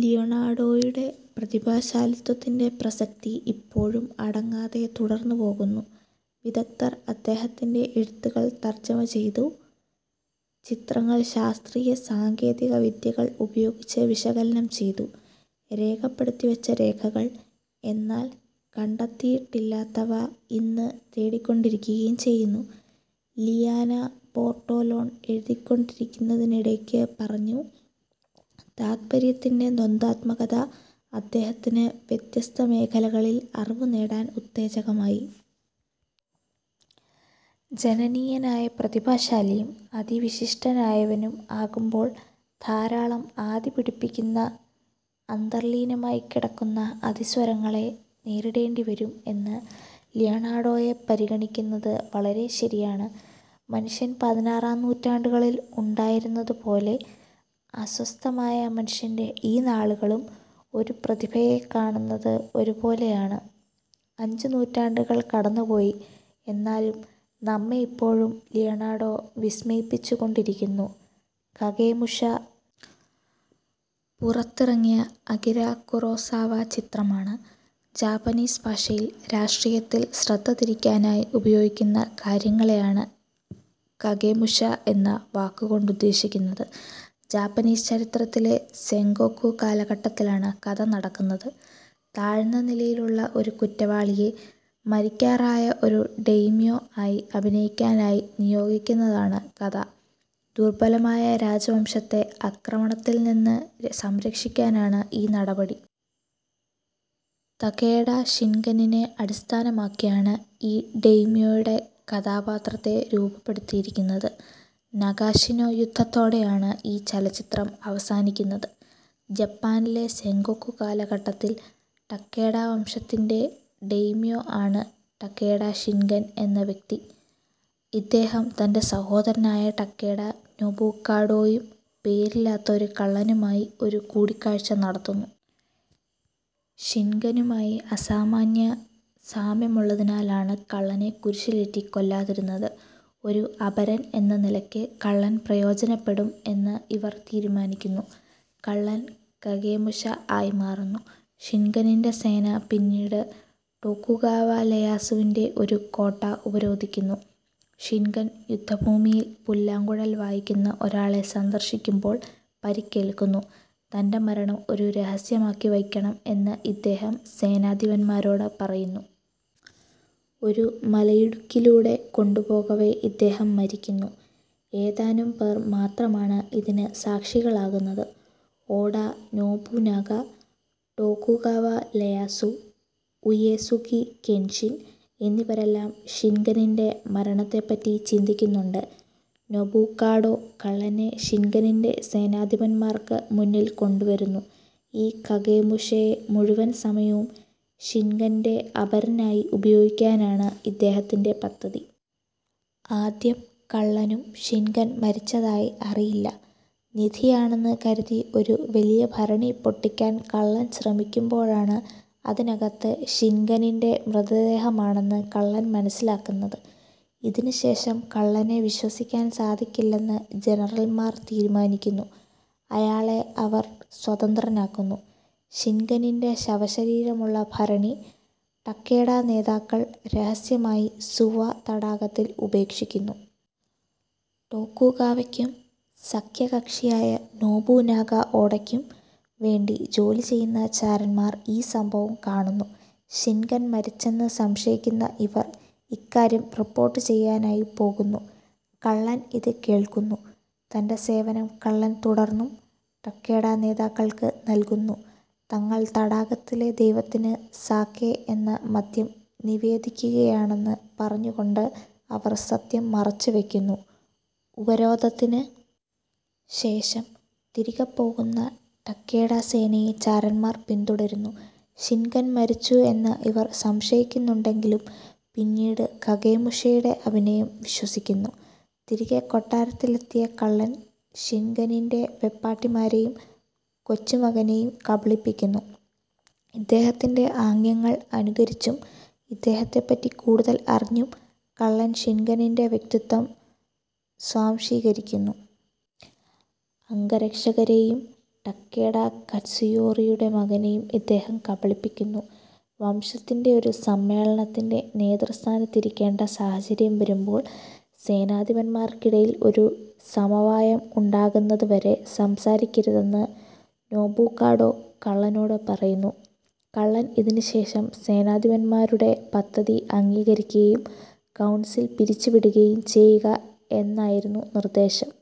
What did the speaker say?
ലിയനാർഡോയുടെ പ്രതിഭാശാലിത്വത്തിൻ്റെ പ്രസക്തി ഇപ്പോഴും അടങ്ങാതെ തുടർന്നുപോകുന്നു. വിദഗ്ദ്ധർ അദ്ദേഹത്തിൻ്റെ എഴുത്തുകൾ തർജ്ജമ ചെയ്തു, ചിത്രങ്ങൾ ശാസ്ത്രീയ സാങ്കേതിക വിദ്യകൾ ഉപയോഗിച്ച് വിശകലനം ചെയ്തു. രേഖപ്പെടുത്തിവച്ച രേഖകൾ, എന്നാൽ കണ്ടെത്തിയിട്ടില്ലാത്തവ, ഇന്ന് തേടിക്കൊണ്ടിരിക്കുകയും ചെയ്യുന്നു. ലിയാനാ ബോർട്ടോലോൺ എഴുതിക്കൊണ്ടിരിക്കുന്നതിനിടയ്ക്ക് പറഞ്ഞു. താത്പര്യത്തിൻ്റെ ദ്വന്ദ്വാത്മകത അദ്ദേഹത്തിന് വ്യത്യസ്ത മേഖലകളിൽ അറിവ് നേടാൻ ഉത്തേജകമായി. ജനനീയനായ പ്രതിഭാശാലിയും അതിവിശിഷ്ടനായവനും ആകുമ്പോൾ ധാരാളം ആധിപിടിപ്പിക്കുന്ന, അന്തർലീനമായി കിടക്കുന്ന അതിസ്വരങ്ങളെ നേരിടേണ്ടി വരും എന്ന് ലിയനാർഡോയെ പരിഗണിക്കുന്നത് വളരെ ശരിയാണ്. മനുഷ്യൻ പതിനാറാം നൂറ്റാണ്ടുകളിൽ ഉണ്ടായിരുന്നതുപോലെ, അസ്വസ്ഥമായ മനുഷ്യൻ്റെ ഈ നാളുകളിലും ഒരു പ്രതിഭയെ കാണുന്നത് ഒരുപോലെയാണ്. അഞ്ച് നൂറ്റാണ്ടുകൾ കടന്നുപോയി, എന്നാലും നമ്മെയിപ്പോഴും ലിയനാർഡോ വിസ്മയിപ്പിച്ചുകൊണ്ടിരിക്കുന്നു. കഗേമുഷ പുറത്തിറങ്ങിയ അകിര കുറോസാവ ചിത്രമാണ്. ജാപ്പനീസ് ഭാഷയിൽ രാഷ്ട്രീയത്തിൽ ശ്രദ്ധതിരിക്കാനായി ഉപയോഗിക്കുന്ന കാര്യങ്ങളെയാണ് കഗേമുഷ എന്ന വാക്കുകൊണ്ടുദ്ദേശിക്കുന്നത്. ജാപ്പനീസ് ചരിത്രത്തിലെ സെൻഗോക്കു കാലഘട്ടത്തിലാണ് കഥ നടക്കുന്നത്. താഴ്ന്ന നിലയിലുള്ള ഒരു കുറ്റവാളിയെ മരിക്കാറായ ഒരു ഡേയ്മ്യോ ആയി അഭിനയിക്കാനായി നിയോഗിക്കുന്നതാണ് കഥ. ദുർബലമായ രാജവംശത്തെ ആക്രമണത്തിൽ നിന്ന് സംരക്ഷിക്കാനാണ് ഈ നടപടി. തകേഡ ഷിൻഗെനിനെ അടിസ്ഥാനമാക്കിയാണ് ഈ ഡേയ്മ്യോയുടെ കഥാപാത്രത്തെ രൂപപ്പെടുത്തിയിരിക്കുന്നത്. നഗാഷിനോ യുദ്ധത്തോടെയാണ് ഈ ചലച്ചിത്രം അവസാനിക്കുന്നത്. ജപ്പാനിലെ സെൻഗോക്കു കാലഘട്ടത്തിൽ ടകേഡ വംശത്തിൻ്റെ ഡേയ്മ്യോ ആണ് ടകേഡ ഷിൻഗെൻ എന്ന വ്യക്തി. ഇദ്ദേഹം തൻ്റെ സഹോദരനായ ടകേഡ നോബുകാഡോയും പേരില്ലാത്ത ഒരു കള്ളനുമായി ഒരു കൂടിക്കാഴ്ച നടത്തുന്നു. ഷിൻഗെനുമായി അസാമാന്യ സാമ്യമുള്ളതിനാലാണ് കള്ളനെ കുരിശിലേറ്റി കൊല്ലാതിരുന്നത്. ഒരു അപരൻ എന്ന നിലയ്ക്ക് കള്ളൻ പ്രയോജനപ്പെടും എന്ന് ഇവർ തീരുമാനിക്കുന്നു. കള്ളൻ കഗേമുഷ ആയിമാറുന്നു. ഷിൻഗെനിൻ്റെ സേന പിന്നീട് ടോകുഗാവ ലെയാസുവിൻ്റെ ഒരു കോട്ട ഉപരോധിക്കുന്നു. ഷിൻഗെൻ യുദ്ധഭൂമിയിൽ പുല്ലാങ്കുഴൽ വായിക്കുന്ന ഒരാളെ സന്ദർശിക്കുമ്പോൾ പരിക്കേൽക്കുന്നു. തൻ്റെ മരണം ഒരു രഹസ്യമാക്കി വയ്ക്കണം എന്ന് ഇദ്ദേഹം സേനാധിപന്മാരോട് പറയുന്നു. ഒരു മലയിടുക്കിലൂടെ കൊണ്ടുപോകവേ ഇദ്ദേഹം മരിക്കുന്നു. ഏതാനും പേർ മാത്രമാണ് ഇതിന് സാക്ഷികളാകുന്നത്. Oda Nobunaga, Tokugawa Ieyasu, Uesugi Kenshin എന്നിവരെല്ലാം ഷിൻഗെനിൻ്റെ മരണത്തെപ്പറ്റി ചിന്തിക്കുന്നുണ്ട്. നൊബുകാഡോ കള്ളനെ ഷിൻഗെനിൻ്റെ സേനാധിപന്മാർക്ക് മുന്നിൽ കൊണ്ടുവരുന്നു. ഈ കഗേമുഷയെ മുഴുവൻ സമയവും ഷിൻഗെൻ്റെ അപരനായി ഉപയോഗിക്കാനാണ് ഇദ്ദേഹത്തിൻ്റെ പദ്ധതി. ആദ്യം കള്ളനും ഷിൻഗെൻ മരിച്ചതായി അറിയില്ല. നിധിയാണെന്ന് കരുതി ഒരു വലിയ ഭരണി പൊട്ടിക്കാൻ കള്ളൻ ശ്രമിക്കുമ്പോഴാണ് അതിനകത്ത് ഷിൻഗെനിൻ്റെ മൃതദേഹമാണെന്ന് കള്ളൻ മനസ്സിലാക്കുന്നത്. ഇതിനുശേഷം കള്ളനെ വിശ്വസിക്കാൻ സാധിക്കില്ലെന്ന് ജനറൽമാർ തീരുമാനിക്കുന്നു. അയാളെ അവർ സ്വതന്ത്രനാക്കുന്നു. ഷിൻഗെനിൻ്റെ ശവശരീരമുള്ള ഭരണി ടകേഡ നേതാക്കൾ രഹസ്യമായി സുവ തടാകത്തിൽ ഉപേക്ഷിക്കുന്നു. ടോകുഗാവയ്ക്കും സഖ്യകക്ഷിയായ നോബുനാഗ ഓഡയ്ക്കും വേണ്ടി ജോലി ചെയ്യുന്ന ചാരന്മാർ ഈ സംഭവം കാണുന്നു. ഷിൻഗെൻ മരിച്ചെന്ന് സംശയിക്കുന്ന ഇവർ ഇക്കാര്യം റിപ്പോർട്ട് ചെയ്യാനായി പോകുന്നു. കള്ളൻ ഇത് കേൾക്കുന്നു. തൻ്റെ സേവനം കള്ളൻ തുടർന്നും ടകേഡ നേതാക്കൾക്ക് നൽകുന്നു. തങ്ങൾ തടാകത്തിലെ ദൈവത്തിന് സാകെ എന്ന മദ്യം നിവേദിക്കുകയാണെന്ന് പറഞ്ഞുകൊണ്ട് അവർ സത്യം മറച്ചുവയ്ക്കുന്നു. ഉപരോധത്തിന് ശേഷം തിരികെ പോകുന്ന ടകേഡ സേനയെ ചാരന്മാർ പിന്തുടരുന്നു. ഷിൻഗെൻ മരിച്ചു എന്ന് ഇവർ സംശയിക്കുന്നുണ്ടെങ്കിലും പിന്നീട് കഗേമുഷയുടെ അഭിനയം വിശ്വസിക്കുന്നു. തിരികെ കൊട്ടാരത്തിലെത്തിയ കള്ളൻ ഷിൻഗെനിൻ്റെ വെപ്പാട്ടിമാരെയും കൊച്ചുമകനെയും കബളിപ്പിക്കുന്നു. ഇദ്ദേഹത്തിൻ്റെ ആംഗ്യങ്ങൾ അനുകരിച്ചും ഇദ്ദേഹത്തെപ്പറ്റി കൂടുതൽ അറിഞ്ഞും കള്ളൻ ഷിൻഗെനിൻ്റെ വ്യക്തിത്വം സ്വാംശീകരിക്കുന്നു. അംഗരക്ഷകരെയും ടകേഡ കറ്റ്സുയോറിയുടെ മകനെയും ഇദ്ദേഹം കബളിപ്പിക്കുന്നു. വംശത്തിൻ്റെ ഒരു സമ്മേളനത്തിൻ്റെ നേതൃസ്ഥാനത്തിരിക്കേണ്ട സാഹചര്യം വരുമ്പോൾ സേനാധിപന്മാർക്കിടയിൽ ഒരു സമവായം ഉണ്ടാകുന്നതുവരെ സംസാരിക്കരുതെന്ന് നോബുകാഡോ കള്ളനോട് പറയുന്നു. കള്ളൻ ഇതിനുശേഷം സേനാധിപന്മാരുടെ പദ്ധതി അംഗീകരിക്കുകയും കൗൺസിൽ പിരിച്ചുവിടുകയും ചെയ്യുക എന്നായിരുന്നു നിർദ്ദേശം.